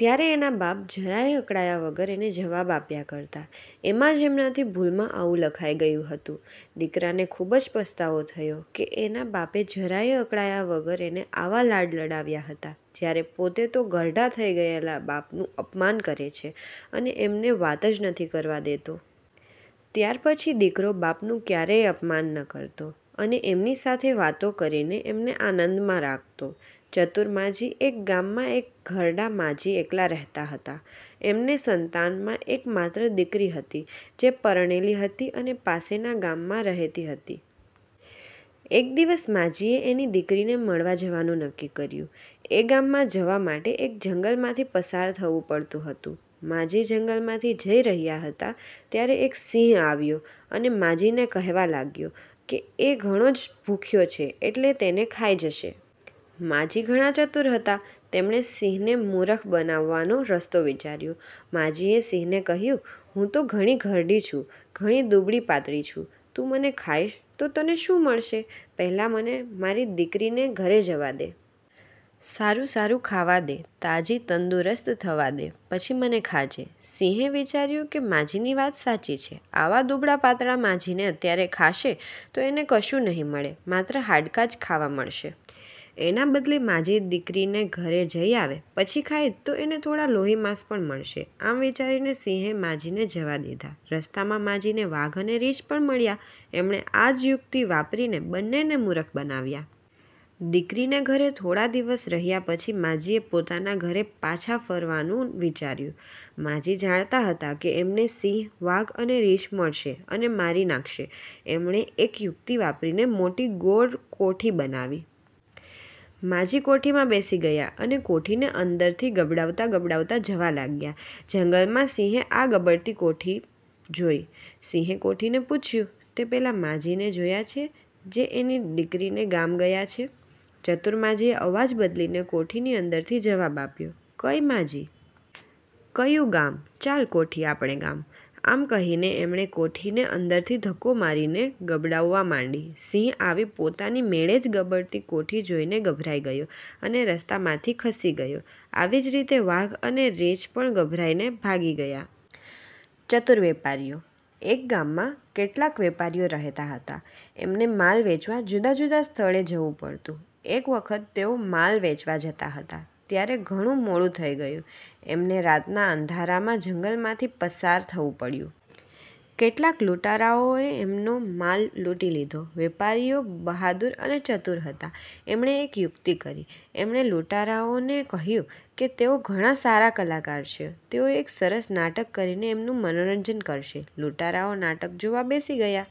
ત્યારે એના બાપ જરાયે અકળાયા વગર એને જવાબ આપ્યા કરતા એમાં જ એમનાથી ભૂલમાં આવું લખાઈ ગયું હતું. દીકરાને ખુબ જ પસ્તાવો થયો કે એના બાપે જરાયે અકળાયા વગર એને આવા લાડ લડાવ્યા હતા જયારે પોતે તો ઘરડા થઇ ગયેલા બાપનું અપમાન કરે છે અને એમને વાત જ નથી કરવા દેતો. ત્યાર પછી દીકરો બાપનું ક્યારેય અપમાન ન કરતો અને એમની સાથે વાતો કરીને એમને આનંદમાં રાખતો. ચતુર માજી એક ગામમાં એક ઘરડા માજી એકલાં રહેતાં હતાં. એમને સંતાનમાં એક માત્ર દીકરી હતી જે પરણેલી હતી અને પાસેના ગામમાં રહેતી હતી. એક દિવસ માજીએ એની દીકરીને મળવા જવાનું નક્કી કર્યું. એ ગામમાં જવા માટે એક જંગલમાંથી પસાર થવું પડતું હતું. માજી જંગલમાંથી જઈ રહ્યાં હતાં ત્યારે એક સિંહ આવ્યો અને માજી ને કહેવા લાગ્યો કે એ ઘણો જ ભૂખ્યો છે એટલે તેને ખાઈ જશે. માજી ઘણા ચતુર હતા. તેમણે સિંહને મૂરખ બનાવવાનો રસ્તો વિચાર્યો. માજીએ સિંહને કહ્યું: "હું તો ઘણી ઘરડી છું. ઘણી દૂબળી-પાતળી છું. તું મને ખાઇશ તો તને શું મળશે? પહેલાં મને મારી દીકરીને ઘરે જવાદે. સારું સારું ખાવા દે. તાજી તંદુરસ્ત થવા દે. પછી મને ખાજે". સિંહે વિચાર્યું કે માજીની વાત સાચી છે. આવા દૂબળા-પાતળા માજીને અત્યારે ખાશે તો એને કશું નહિ મળે. માત્ર હાડકાં જ ખાવા મળશે. એના બદલે માજી દીકરીને ઘરે જઈ આવે પછી ખાય તો એને થોડાં લોહી-માંસ પણ મળશે. આમ વિચારીને સિંહે માજીને જવા દીધા. રસ્તામાં માજીને વાઘ અને રીંછ પણ મળ્યા. એમણે આ જ યુક્તિ વાપરીને બંનેને મૂરખ બનાવ્યા. દીકરીને ઘરે થોડા દિવસ રહ્યા પછી માજીએ પોતાના ઘરે પાછા ફરવાનું વિચાર્યું. માજી જાણતાં હતાં કે એમને સિંહ, વાઘ અને રીંછ મળશે અને મારી નાખશે. એમણે એક યુક્તિ વાપરીને મોટી ગોળ કોઠી બનાવી. માજી કોઠીમાં બેસી ગયા અને કોઠીને અંદરથી ગબડાવતા ગબડાવતા જવા લાગ્યા. જંગલમાં સિંહે આ ગબડતી કોઠી જોઈ. સિંહે કોઠીને પુછ્યું: "તેં પેલા માજીને જોયા છે જે એની દીકરીને ગામ ગયા છે? ". ચતુર માજીએ અવાજ બદલીને કોઠીની અંદરથી જવાબ આપ્યો: "કઈ માજી? કયું ગામ? ચાલ કોઠી આપણે ગામ... ". આમ કહીને એમણે કોઠીને અંદરથી ધક્કો મારીને ગબડાવવા માંડી. સિંહ આવી પોતાની મેળે જ ગબડતી કોઠી જોઇને ગભરાઈ ગયો અને રસ્તામાંથી ખસી ગયો. આવી જ રીતે વાઘ અને રીંછ પણ ગભરાઈને ભાગી ગયા. ચતુર વેપારીઓ એક ગામમાં કેટલાક વેપારીઓ રહેતા હતા. એમને માલ વેંચવા જુદા જુદા સ્થળે જવું પડતું. એક વખત તેઓ માલ વેંચવા જતા હતા ત્યારે ઘણું મોડું થઇ ગયું. એમને રાતના અંધારામાં જંગલમાંથી પસાર થવું પડ્યું. કેટલાક લૂંટારાઓએ એમનો માલ લૂંટી લીધો. વેપારીઓ બહાદુર અને ચતુર હતા. એમણે એક યુક્તિ કરી. એમણે લૂંટારાઓને કહ્યુંકે તેઓ ઘણા સારા કલાકાર છે. તેઓ એક સરસ નાટક કરીને એમનું મનોરંજન કરશે. લૂંટારાઓ નાટક જોવા બેસી ગયા.